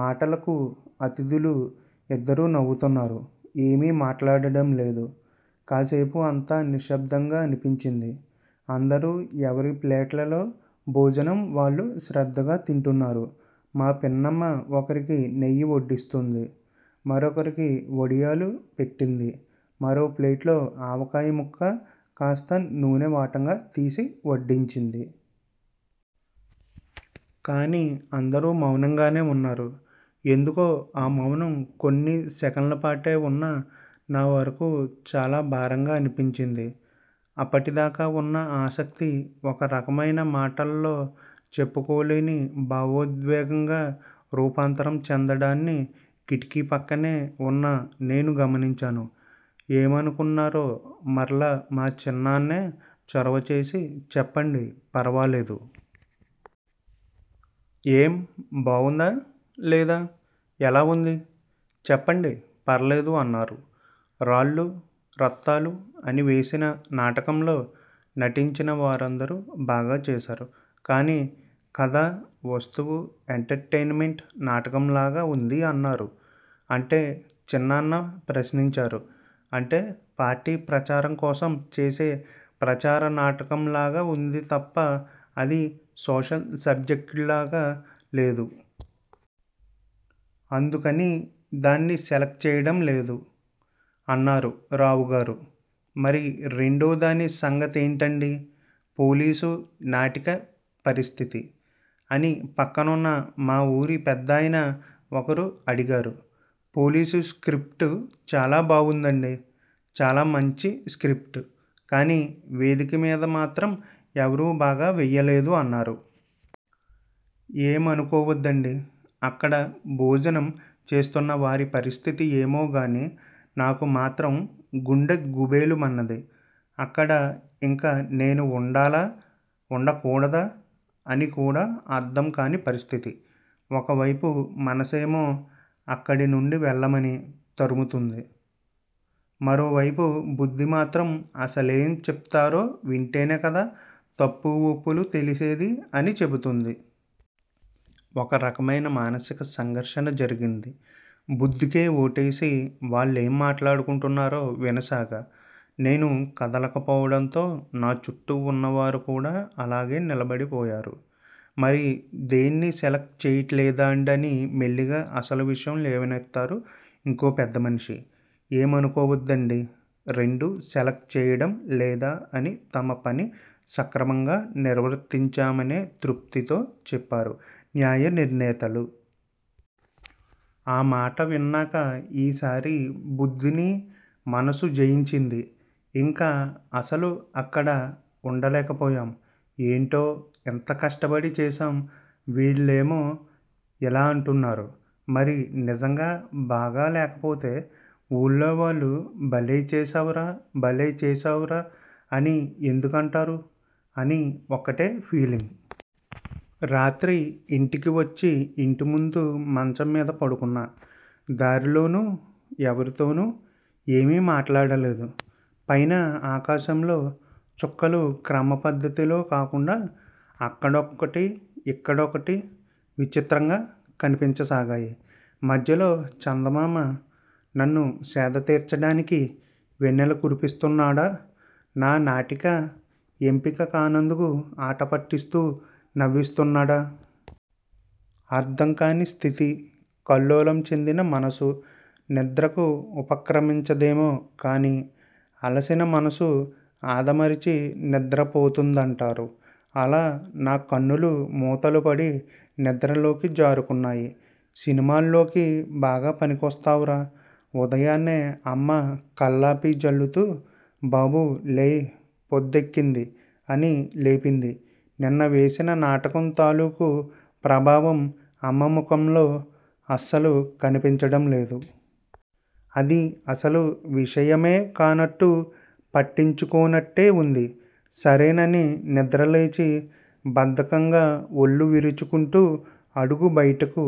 మాటలకు అతిథులు ఇద్దరు నవ్వుతున్నారు. ఏమీ మాట్లాడటం లేదు. కాసేపు అంతా నిశ్శబ్దంగా అనిపించింది. అందరూ ఎవరి ప్లేట్లలో భోజనం వాళ్లు శ్రద్ధగా తింటున్నారు. మా పిన్నమ్మ ఒకరికి నెయ్యి వడ్డిస్తోంది. మరొకరికి వడియాలు పెట్టింది. మరో ప్లేట్లో ఆవకాయ ముక్క కాస్త నూనె వాటంగా తీసి వడ్డించింది. కానీ అందరూ మౌనంగానే ఉన్నారు. ఎందుకో ఆ మౌనం కొన్ని సెకన్లపాటే ఉన్నా నా వరకు చాలా భారంగా అనిపించింది. అప్పటి దాకా ఉన్న ఆసక్తి ఒక రకమైన మాటల్లో చెప్పుకోలేని భావోద్వేగంగా రూపాంతరం చెందడాన్ని కిటికీ పక్కనే ఉన్న నేను గమనించాను. ఏమనుకున్నారో మరలా మా చిన్నాన్నే చొరవ చేసి చెప్పండి ఫర్వాలేదు. ఏం బావుందా? లేదా? ఎలా ఉంది? చెప్పండి ఫర్లేదు అన్నారు. రాళ్లు రత్తాలు అని వేసిన నాటకంలో నటించిన వారందరూ బాగా చేశారు. కానీ కథా వస్తువు ఎంటర్టైనమెంట్ నాటకంలాగా ఉంది అన్నారు. అంటే? చిన్నాన్న ప్రశ్నించారు. 'అంటే పార్టీ ప్రచారంకోసం చేసే ప్రచార నాటకం లాగా ఉంది తప్ప, అది సోషల్ సబ్జెక్ట్లాగా లేదు. అందుకని దాన్ని సెలక్ట్ చేయడం లేదు అన్నారు రావుగారు. మరి రెండోదాని సంగతేంటండీ? 'పోలీసు' నాటిక పరిస్థితి? ' అని పక్కనున్న మా ఊరి పెద్దాయన ఒకరు అడిగారు పోలీస్ స్క్రిప్ట్ చాలా బావుందండీ. చాలా మంచి స్క్రిప్ట్. కానీ వేదిక మీద మాత్రం ఎవరూ బాగా వేయలేదు అన్నారు. ఏమనుకోవద్దండీ! అక్కడ భోజనం చేస్తున్న వారి పరిస్థితి ఏమోగానీ నాకు మాత్రం గుండె గుభేలు మన్నది. అక్కడ ఇంక నేను ఉండాలా? ఉండ కూడదా? అని కూడా అర్థం కాని పరిస్థితి. ఒకవైపు మనసేమో అక్కడి నుంచి వెళ్లమని తరుముతోంది. మరోవైపు బుద్ధిమాత్రం అసలేం చెప్తారో వింటేనే కదా తప్పు ఒప్పులు తెలిసేది అని చెబుతోంది. ఒక రకమైన మానసిక సంఘర్షణ జరిగింది. బుద్ధికే ఓటేసి, వాళ్లేం మాట్లాడుకుంటున్నారో వినసాగా. నేను కదలకపోవడంతో, నా చుట్టూ ఉన్నవారు కూడా అలాగే నిలబడిపోయారు. మరి దేన్నీ సెలక్ట్ చేయట్లేదాండీ అని మెల్లిగా అసలు విషయం లేవనెత్తారు ఇంకో పెద్దమనిషి. ఏమనుకోవద్దండీ రెండూ సెలక్ట్ చేయడం లేద అని తమ పని సక్రమంగా నిర్వర్తించామనే తృప్తితో చెప్పారు న్యాయ నిర్ణేతలు. ఆ మాట విన్నాక ఈ సారి బుద్ధిని మనసు జయించింది. ఇంక అసలు అక్కడ ఉండలేక పోయాం. ఏంటో ఇంత కష్టపడి చేశాం. వీళ్లేమో ఇలా అంటున్నారు. మరి నిజంగా బాగా లేకపోతే ఊళ్లో వాళ్లు భలే చేశావురా భలే చేశావురా అని ఎందుకంటారు?.. అని ఒకటే ఫీలింగ్. రాత్రి ఇంటికి వచ్చి ఇంటి ముందు మంచం మీద పడుకున్నా. దారిలోనూ ఎవరి తోనూ ఏమీ మాట్లాడ లేదు. పైన ఆకాశంలో చుక్కలు క్రమ పద్ధతిలో కాకుండా అక్కడొక్కటి, ఇక్కడొకటి విచిత్రంగా కనిపించసాగాయి. మధ్యలో చందమామ నన్ను సేద తీర్చడానికి వెన్నెల కురిపిస్తున్నాడా? నా నాటిక ఎంపిక కానందుకు ఆట పట్టిస్తూ నవ్విస్తున్నాడా? అర్థంకాని స్థితి. కల్లోలం చెందిన మనసు నిద్రకు ఉపక్రమించదేమో కానీ, అలసిన మనసు ఆదమరచి నిద్రపోతుందంటారు. అలా నా కన్నులు మూతలు పడి నిద్రలోకి జారుకున్నాయి. సినిమాల్లోకి బాగా పనికొస్తావురా ఉదయాన్నే అమ్మ కల్లాపి చల్లుతూ బాబూ లేయ్ పొద్దెక్కింది అని లేపింది. నిన్న వేసిన నాటకం తాలుకు ప్రభావం అమ్మ ముఖంలో అసలు కనిపించడం లేదు. అది అసలు విషయమే కానట్టు, పట్టించుకోనట్టే ఉంది. సరేనని నిద్రలేచి బద్ధకంగా ఒళ్లు విరుచుకుంటూ అడుగు బయటకు